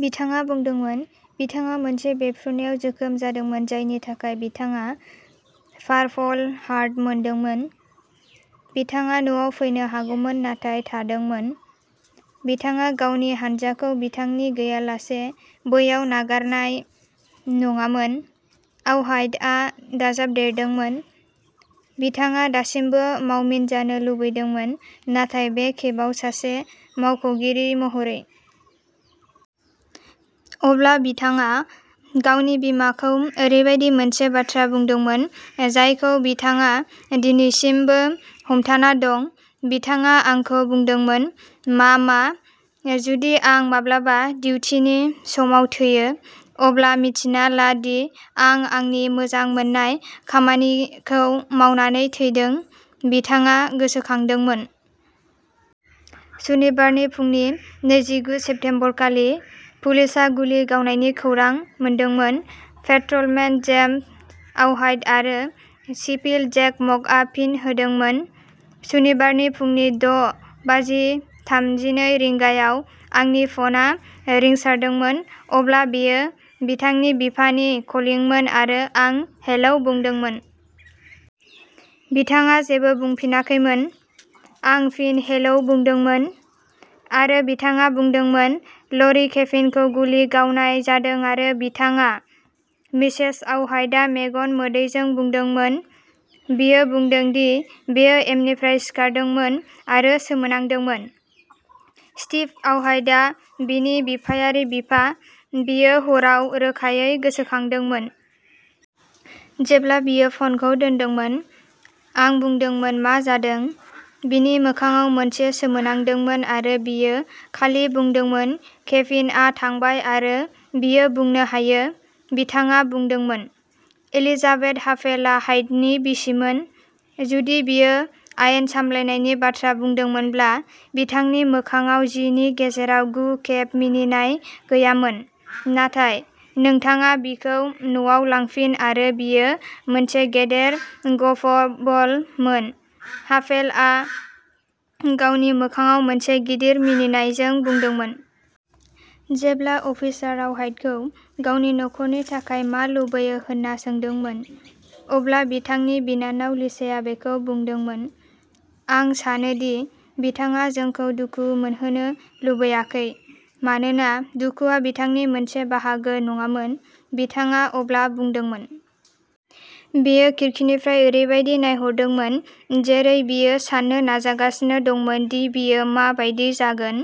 बिथाङा बुंदोंमोन। बिथाङा मोनसे बेरफ्रुनायाव जोखोम जादोंमोन जायनि थाखाय बिथाङा पारपल हार्ट मोनदोंमोन। बिथाङा न'आव फैनो हागौमोन नाथाय थादोंमोन। "बिथाङा गावनि हानजाखौ बिथांनि गैयालासे बैयाव नागारनाय नङामोन", आवहाइटआ दाजाबदेरदोंमोन। बिथाङा दासिमबो मावमिन जानो लुबैदोंमोन नाथाय बे खेबाव सासे मावख'गिरि महरै। अब्ला बिथाङा गावनि बिमाखौ ओरैबायदि मोनसे बाथ्रा बुंदोंमोन जायखौ बिथाङा दिनैसिमबो हमथाना दं। "बिथाङा आंखौ बुंदोंमोन, मामा, जुदि आं माब्लाबा डिउटिनि समाव थैयो, अब्ला मिथिना ला दि आं आंनि मोजां मोननाय खामानिखौ मावनानै थैदों", बिथाङा गोसोखांदोंमोन। सनिबारनि फुंनि नैजिगु सेप्तेम्बरखालि, पुलिसआ गुलि गावनायनि खौरां मोनदोंमोन। पेट्रलमेन जेम्स आवहाइट आरो सिपिल. जेक म'कआ फिन होदोंमोन। सनिबारनि फुंनि द’ बाजि थामजिनै रिंगायाव आंनि फनआ रिंसारदोंमोन अब्ला बेयो बिथांनि बिफानि कलिंमोन आरो आं हेलौ बुंदोंमोन। बिथाङा जेबो बुंफिनाखैमोन। आं फिन हेलौ बुंदोंमोन। आरो बिथाङा बुंदोंमोन ल'रि, केभिनखौ गुलि गावनाय जादों आरो बिथाङा। ", मिसेस आवहाइटआ मेगन मोदैजों बुंदोंमोन। बियो बुङो दि बियो एमनिफ्राय सिखारदोंमोन आरो सोमोनांदोंमोन। स्टिभ आवहाइटआ बिनि बिफायारि बिफा, बियो हराव रोखायै गोसोखांदोंमोन।" जेब्ला बियो फनखौ दोनदोंमोन, आं बुंदोंमोन मा जादों। बिनि मोखांआव मोनसे सोमोनांदोंमोन आरो बियो खालि बुंदोंमोन केभिनआ थांबाय आरो बियो बुंनो हायो, बिथाङा बुंदोंमोन। एलिजेबेथ हाभेलआ हाइटनि बिसिमोन। जुदि बियो आयेन सामलायनायनि बाथ्रा बुंदोंमोनब्ला बिथांनि मोखांआव जि नि गेजेराव गु खेब मिनिनाय गैयामोन, नाथाय नोंथाङा बिखौ न'आव लांफिन आरो बियो मोनसे गिदिर ग'फबल मोन, हाभेलआ गावनि मोखांआव मोनसे गिदिर मिनिनायजों बुंदोंमोन। जेब्ला अफिसार अवहाइटखौ गावनि नखरनि थाखाय मा लुबैयो होननो सोंदोंमोन, अब्ला बिथांनि बिनानाव लिसाया बेखौ बुंदोंमोन। "आं सानो दि बिथाङा जोंखौ दुखु मोनहोनो लुबैयाखै, मानोना दुखुआ बिथांनि मोनसे बाहागो नङामोन", बिथाङा अब्ला बुंदोंमोन। बियो खिरखिनिफ्राय ओरैबायदि नायदोंमोन जेरै बियो साननो नाजागासिनो दंमोन दि बेयो मा बायदि जागोन।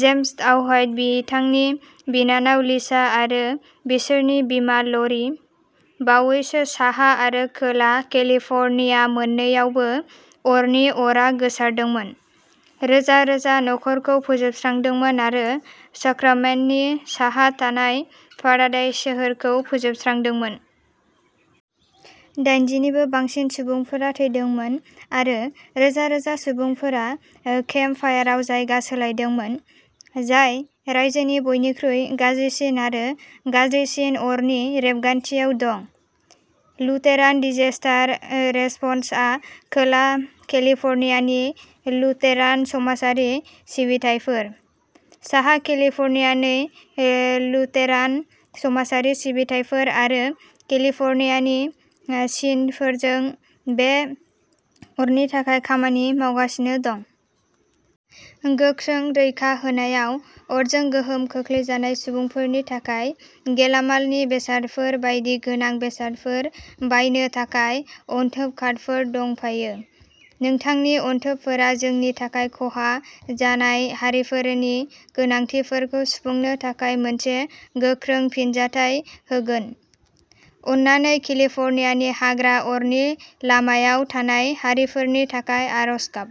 जेम्स अवहाइट, बिथांनि बिनानाव लिसा आरो बिसोरनि बिमा ल'रि। बावैसो साहा आरो खोला केलिफ'र्निया मोननैआवबो अरनि अरआ गोसारदोंमोन, रोजा-रोजा न'फोरखौ फोजोबस्रांदोंमोन आरो साक्रामेन्ट’नि साहा थानाय पेरेडाइस सोहोरखौ फोजोबस्रांदोंमोन। दाइनजि निबो बांसिन सुबुंफोरा थैदोंमोन आरो रोजा-रोजा सुबुंफोरा ओ केम्प फायारआव जायगा सोलायदोंमोन, जाय रायजोनि बयनिख्रुइ गाज्रिसिन आरो गाज्रिसिन अरनि रेबगान्थियाव दं। लुथेरान डिजास्टार ओ रेसपन्सआ खोला केलिफ'र्नियानि लुथेरान समाजारि सिबिथाइफोर, साहा केलिफ'र्नियानि ओ लुथेरान समाजारि सिबिथाइफोर आरो केलिफ'र्नियानि ओ सिन'डफोरजों बे अरनि थाखाय खामानि मावगासिनो दं। गोख्रै रैखा होनायाव अरजों गोहोम खोख्लैजानाय सुबुंफोरनि थाखाय गेलामालनि बेसादफोर बायदि गोनांथार बेसादफोर बायनो थाखाय अनथोब कार्डफोर दंफायो। नोंथांनि अनथोबफोरा जोंनि थाखाय खहा जानाय हारिफोरनि गोनांथिफोरखौ सुफुंनो थाखाय मोनसे गोख्रों फिनजाथाय होगोन। अननानै केलिफ'र्नियानि हाग्रा अरनि लामायाव थानाय हारिफोरनि थाखाय आरज गाब।